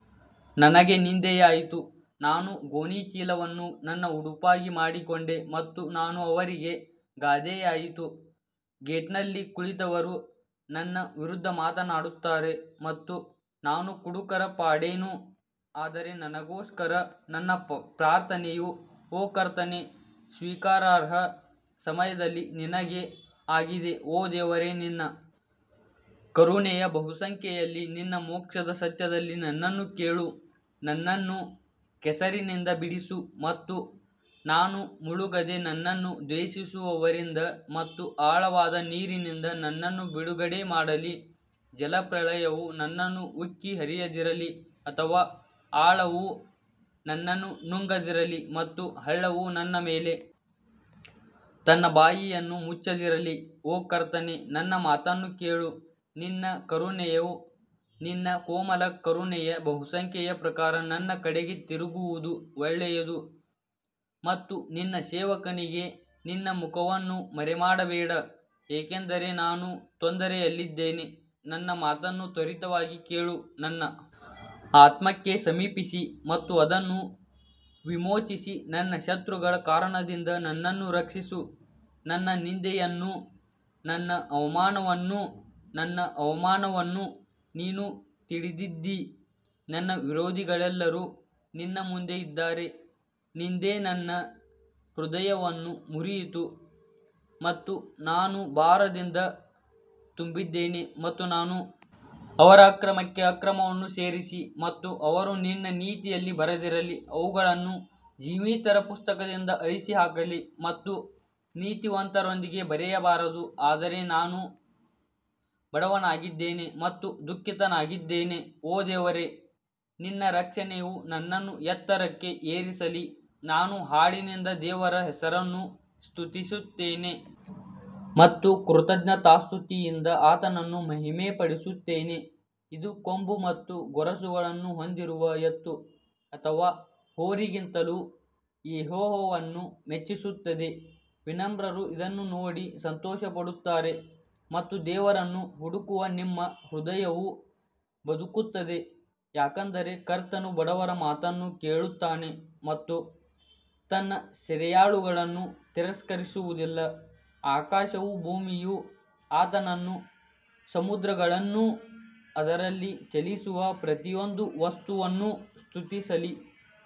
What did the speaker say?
ನನಗೆ ನಿಂದೆಯಾಯಿತು ನಾನು ಗೋಣಿಚೀಲವನ್ನು ನನ್ನ ಉಡುಪಾಗಿ ಮಾಡಿಕೊಂಡೆ ಮತ್ತು ನಾನು ಅವರಿಗೆ ಗಾದೆಯಾಯಿತು ಗೇಟ್ನಲ್ಲಿ ಕುಳಿತವರು ನನ್ನ ವಿರುದ್ಧ ಮಾತನಾಡುತ್ತಾರೆ ಮತ್ತು ನಾನು ಕುಡುಕರ ಪಾಡೇನು ಆದರೆ ನನಗೋಸ್ಕರ ನನ್ನ ಪ್ರಾರ್ಥನೆಯು ಓ ಕರ್ತನೇ ಸ್ವೀಕಾರಾರ್ಹ ಸಮಯದಲ್ಲಿ ನಿನಗೆ ಆಗಿದೆ ಓ ದೇವರೇ ನಿನ್ನ ಕರುಣೆಯ ಬಹುಸಂಖ್ಯೆಯಲ್ಲಿ ನಿನ್ನ ಮೋಕ್ಷದ ಸತ್ಯದಲ್ಲಿ ನನ್ನನ್ನು ಕೇಳು ನನ್ನನ್ನು ಕೆಸರಿನಿಂದ ಬಿಡಿಸು ಮತ್ತು ನಾನು ಮುಳುಗದೆ ನನ್ನನ್ನು ದ್ವೇಷಿಸುವವರಿಂದ ಮತ್ತು ಆಳವಾದ ನೀರಿನಿಂದ ನನ್ನನ್ನು ಬಿಡುಗಡೆ ಮಾಡಲಿ ಜಲಪ್ರಳಯವು ನನ್ನನ್ನು ಉಕ್ಕಿ ಹರಿಯದಿರಲಿ ಅಥವಾ ಆಳವು ನನ್ನನ್ನು ನುಂಗದಿರಲಿ ಮತ್ತು ಹಳ್ಳವು ನನ್ನ ಮೇಲೆ ತನ್ನ ಬಾಯಿಯನ್ನು ಮುಚ್ಚದಿರಲಿ ಓ ಕರ್ತನೇ ನನ್ನ ಮಾತನ್ನು ಕೇಳು ನಿನ್ನ ಕರುಣೆಯು ನಿನ್ನ ಕೋಮಲ ಕರುಣೆಯ ಬಹುಸಂಖ್ಯೆಯ ಪ್ರಕಾರ ನನ್ನ ಕಡೆಗೆ ತಿರುಗುವುದು ಒಳ್ಳೆಯದು ಮತ್ತು ನಿನ್ನ ಸೇವಕನಿಗೆ ನಿನ್ನ ಮುಖವನ್ನು ಮರೆಮಾಡಬೇಡ ಏಕೆಂದರೆ ನಾನು ತೊಂದರೆಯಲ್ಲಿದ್ದೇನೆ, ನನ್ನ ಮಾತನ್ನು ತ್ವರಿತವಾಗಿ ಕೇಳು ನನ್ನ ಆತ್ಮಕ್ಕೆ ಸಮೀಪಿಸಿ ಮತ್ತು ಅದನ್ನು ವಿಮೋಚಿಸಿ ನನ್ನ ಶತ್ರುಗಳ ಕಾರಣದಿಂದ ನನ್ನನ್ನು ರಕ್ಷಿಸು ನನ್ನ ನಿಂದೆಯನ್ನೂ ನನ್ನ ಅವಮಾನವನ್ನೂ ನನ್ನ ಅವಮಾನವನ್ನೂ ನೀನು ತಿಳಿದಿದ್ದೀ ನನ್ನ ವಿರೋಧಿಗಳೆಲ್ಲರೂ ನಿನ್ನ ಮುಂದೆ ಇದ್ದಾರೆ ನಿಂದೆ ನನ್ನ ಹೃದಯವನ್ನು ಮುರಿಯಿತು ಮತ್ತು ನಾನು ಭಾರದಿಂದ ತುಂಬಿದ್ದೇನೆ ಮತ್ತು ನಾನು ಅವರ ಅಕ್ರಮಕ್ಕೆ ಅಕ್ರಮವನ್ನು ಸೇರಿಸಿ ಮತ್ತು ಅವರು ನಿನ್ನ ನೀತಿಯಲ್ಲಿ ಬರದಿರಲಿ ಅವುಗಳನ್ನು ಜೀವಿತರ ಪುಸ್ತಕದಿಂದ ಅಳಿಸಿಹಾಕಲಿ ಮತ್ತು ನೀತಿವಂತರೊಂದಿಗೆ ಬರೆಯಬಾರದು ಆದರೆ ನಾನು ಬಡವನಾಗಿದ್ದೇನೆ ಮತ್ತು ದುಃಖಿತನಾಗಿದ್ದೇನೆ, ಓ ದೇವರೇ ನಿನ್ನ ರಕ್ಷಣೆಯು ನನ್ನನ್ನು ಎತ್ತರಕ್ಕೆ ಏರಿಸಲಿ ನಾನು ಹಾಡಿನಿಂದ ದೇವರ ಹೆಸರನ್ನು ಸ್ತುತಿಸುತ್ತೇನೆ ಮತ್ತು ಕೃತಜ್ಞತಾಸ್ತುತಿಯಿಂದ ಆತನನ್ನು ಮಹಿಮೆಪಡಿಸುತ್ತೇನೆ ಇದು ಕೊಂಬು ಮತ್ತು ಗೊರಸುಗಳನ್ನು ಹೊಂದಿರುವ ಎತ್ತು ಅಥವಾ ಹೋರಿಗಿಂತಲೂ ಯೆಹೋವನನ್ನು ಮೆಚ್ಚಿಸುತ್ತದೆ ವಿನಮ್ರರು ಇದನ್ನು ನೋಡಿ ಸಂತೋಷಪಡುತ್ತಾರೆ ಮತ್ತು ದೇವರನ್ನು ಹುಡುಕುವ ನಿಮ್ಮ ಹೃದಯವು ಬದುಕುತ್ತದೆ ಯಾಕಂದರೆ ಕರ್ತನು ಬಡವರ ಮಾತನ್ನು ಕೇಳುತ್ತಾನೆ ಮತ್ತು ತನ್ನ ಸೆರೆಯಾಳುಗಳನ್ನು ತಿರಸ್ಕರಿಸುವುದಿಲ್ಲ ಆಕಾಶವೂ ಭೂಮಿಯೂ ಆತನನ್ನು ಸಮುದ್ರಗಳನ್ನೂ ಅದರಲ್ಲಿ ಚಲಿಸುವ ಪ್ರತಿಯೊಂದು ವಸ್ತುವನ್ನೂ ಸ್ತುತಿಸಲಿ.